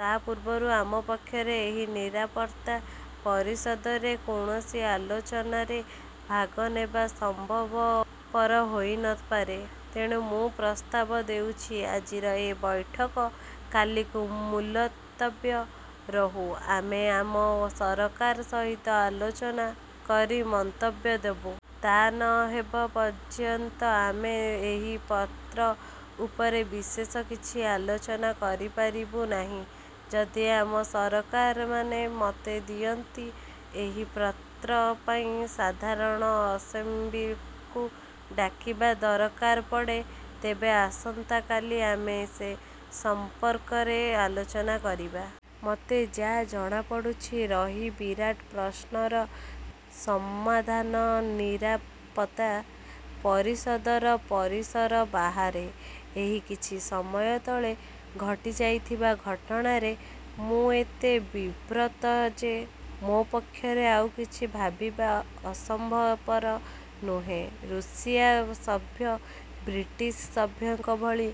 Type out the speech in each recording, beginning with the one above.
ତା ପୂର୍ବରୁ ଆମ ପକ୍ଷରେ ଏହି ନିରାପତ୍ତା ପରିଷଦରେ କୌଣସି ଆଲୋଚନାରେ ଭାଗ ନେବା ସମ୍ଭବପର ହୋଇ ନ ପାରେ। ତେଣୁ ମୁଁ ପ୍ରସ୍ତାବ ଦେଉଛି, ଆଜିର ଏ ବୈଠକ କାଲିକୁ ମୂଲତବୀ ରହୁ; ଆମେ ଆମ ସରକାର ସହିତ ଆଲୋଚନା କରି ମନ୍ତବ୍ୟ ଦେବୁ। ତା ନ ହେବା ପର୍ଯ୍ୟନ୍ତ ଆମେ ଏହି ପତ୍ର ଉପରେ ବିଶେଷ କିଛି ଆଲୋଚନା କରିପାରିବୁ ନାହିଁ। ଯଦି ଆମ ସରକାରମାନେ ମତ ଦିଅନ୍ତି, ଏହି ପତ୍ର ପାଇଁ ସାଧାରଣ ଆସେମ୍ବ୍ଲିକୁ ଡାକିବା ଦରକାର ପଡ଼େ, ତେବେ ଆସନ୍ତାକାଲି ଆମେ ସେ ସମ୍ପର୍କରେ ଆଲୋଚନା କରିବା। ମୋତେ ଯା' ଜଣାପଡ଼ୁଛି, ରହି ବିରାଟ ପ୍ରଶ୍ନର ସମାଧାନନିରାପତ୍ତା ପରିଷଦର ପରିସର ବାହାରେ। ଏହି କିଛି ସମୟ ତଳେ ଘଟିଯାଇଥିବା ଘଟଣାରେ ମୁଁ ଏତେ ବିବ୍ରତ ଯେ ମୋ ପକ୍ଷରେ ଆଉ କିଛି ଭାବିବା ସମ୍ଭବପର ନୁହେଁ। ଋଷିଆ ସଭ୍ୟ ବ୍ରିଟିଶ ସଭ୍ୟଙ୍କ ଭଳି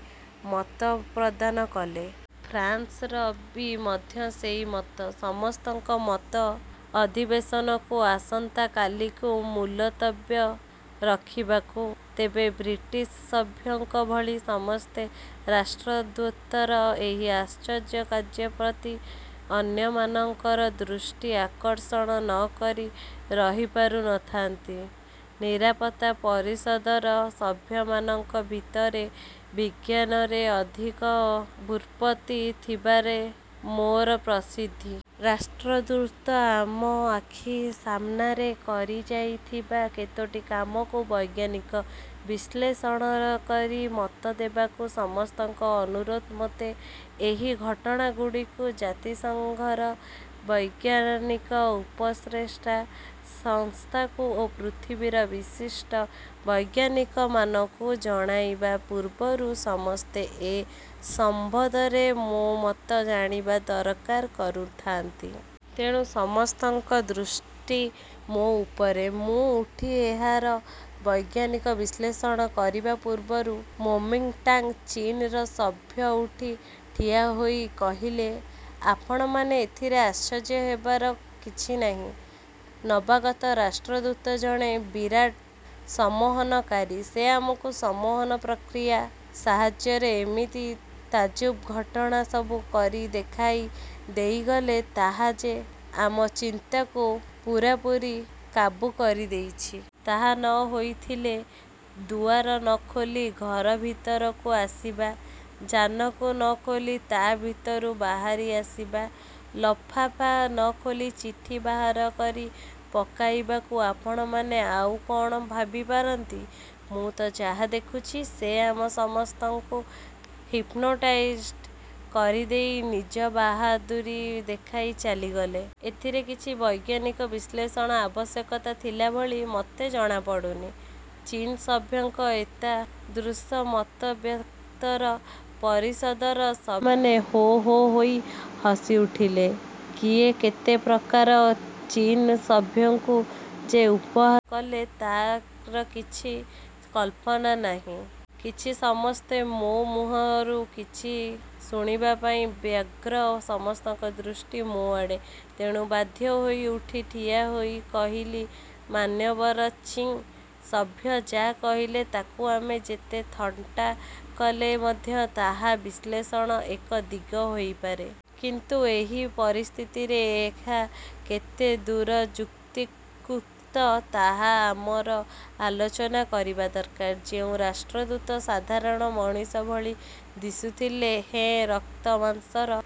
ମତପ୍ରଦାନ କଲେ। ଫ୍ରାନ୍ସର ବି ମଧ୍ୟ ସେଇ ମତ। ସମସ୍ତଙ୍କ ମତ ଅଧିବେଶନକୁ ଆସନ୍ତା କାଲିକୁ ମୁଲତବୀ ରଖିବାକୁ। ତେବେ ବ୍ରିଟିଶ ସଭ୍ୟଙ୍କ ଭଳି ସମସ୍ତେ ରାଷ୍ଟ୍ରଦୂତର ଏହି ଆଶ୍ଚର୍ଯ୍ୟ କାର୍ଯ୍ୟ ପ୍ରତି ଅନ୍ୟମାନଙ୍କର ଦୃଷ୍ଟି ଆକର୍ଷଣ ନ କରି ରହି ପାରୁ ନ ଥାନ୍ତି। ନିରାପତ୍ତା ପରିଷଦର ସଭ୍ୟମାନଙ୍କ ଭିତରେ ବିଜ୍ଞାନରେ ଅଧିକ ବୁତ୍ପତ୍ତି ଥିବାରେ ମୋର ପ୍ରସିଦ୍ଧି। ରାଷ୍ଟ୍ରଦୂତ ଆମ ଆଖି ସାମ୍ନାରେ କରିଯାଇଥିବା କେତୋଟି କାମକୁ ବୈଜ୍ଞାନିକ ବିଶ୍ଳେଷଣକରି ମତ ଦେବାକୁ ସମସ୍ତଙ୍କ ଅନୁରୋଧ ମୋତେ। ଏହି ଘଟଣାଗୁଡ଼ିକୁ ଜାତିସଂଘର ବୈଜ୍ଞାନିକ ଉପଦେଷ୍ଟା ସଂସ୍ଥାକୁ ଓ ପୃଥିବୀର ବିଶିଷ୍ଟ ବୈଜ୍ଞାନିକମାନକୁ ଜଣାଇବା ପୂର୍ବରୁ ସମସ୍ତେ ଏ ସମ୍ବନ୍ଧରେ ମୋ ମତ ଜାଣିବା ଦରକାର କରୁଥାନ୍ତି। ତେଣୁ ସମସ୍ତଙ୍କ ଦୃଷ୍ଟି ମୋ ଉପରେ। ମୁଁ ଉଠି ଏହାର ବୈଜ୍ଞାନିକ ବିଶ୍ଳେଷଣ କରିବା ପୂର୍ବରୁ କୋମିଂଟାଙ୍ଗ୍ ଚୀନର ସଭ୍ୟ ଉଠି ଠିଆହୋଇ କହିଲେ, ''ଆପଣମାନେ ଏଥିରେ ଆଶ୍ଚର୍ଯ୍ୟ ହେବାର କିଛି ନାହିଁ। ନବାଗତ ରାଷ୍ଟ୍ରଦୂତ ଜଣେ ବିରାଟ ସମ୍ମୋହନକାରୀ। ସେ ଆମକୁ ସମ୍ମୋହନ ପ୍ରକ୍ରିୟା ସାହାଯ୍ୟରେ ଏମିତି ତାଜୁବ ଘଟଣାସବୁ କରି ଦେଖାଇ ଦେଇଗଲେ ତାହା ଯେ ଆମ ଚିନ୍ତାକୁ ପୂରାପୂରି କାବୁ କରିଦେଇଛି। ତାହା ନ ହୋଇଥିଲେ ଦୁଆର ନ ଖୋଲି ଘର ଭିତରକୁ ଆସିବା, ଯାନକୁ ନ ଖୋଲି ତା ଭିତରୁ ବାହାରି ଆସିବା, ଲଫାପା ନ ଖୋଲି ଚିଠି ବାହାରକରି ପକାଇବାକୁ ଆପଣମାନେ ଆଉ କଣ ଭାବିପାରନ୍ତି? ମୁଁ ତ ଯାହା ଦେଖୁଚି, ସେ ଆମ ସମସ୍ତଙ୍କୁ ହିପ୍ନୋଟାଇଜଡ଼୍ କରିଦେଇ ନିଜ ବାହାଦୁରି ଦେଖାଇ ଚାଲିଗଲେ। ଏଥିରେ କିଛି ବୈଜ୍ଞାନିକ ବିଶ୍ଳେଷଣର ଆବଶ୍ୟକତା ଥିଲା ଭଳି ମୋତେ ଜଣାପଡ଼ୁନି। '' ଚୀନ ସଭ୍ୟଙ୍କ ଏତାଦୃଶ ମତବ୍ୟକ୍ତର ପରିଷଦର ସଭ୍ୟମାନେ ହୋ' ହୋ' ହୋଇ 'ହସି ଉଠିଲେ। କିଏ କେତେ ପ୍ରକାରେ ଚୀନ ସଭ୍ୟଙ୍କୁ ଯେ ଉପହାସ କଲେ ତାର କିଛି କଳ୍ପନା ନାହିଁ। କିନ୍ତୁ ସମସ୍ତେ ମୋ ମୁହଁରୁ କିଛି ଶୁଣିବା ପାଇଁ ବ୍ୟଗ୍ର। ସମସ୍ତଙ୍କ ଦୃଷ୍ଟି ମୋ ଆଡ଼େ। ତେଣୁ ବାଧ୍ୟ ହୋଇ ଉଠି ଠିଆ ହୋଇ କହିଲି,'' ମାନ୍ୟବର ଚିଂ ସଭ୍ୟ ଯା' କହିଲେ ତାକୁ ଆମେ ଯେତେ ଥଟ୍ଟା କଲେ ମଧ୍ୟ ତାହା ବିଶ୍ଳେଷଣର ଏକ ଦିଗ ହୋଇପାରେ। କିନ୍ତୁ ଏହି ପରିସ୍ଥିତିରେ ଏହା କେତେ ଦୂର ଯୁକ୍ତିକୁକ୍ତ, ତାହା ଆମର ଆଲୋଚନା କରିବା ଦରକାର। ଯେଉଁ ରାଷ୍ଟ୍ରଦୂତ ସାଧାରଣ ମଣିଷ ଭଳି ଦିଶୁଥିଲେ ହେଁ ରକ୍ତ ମାଂସର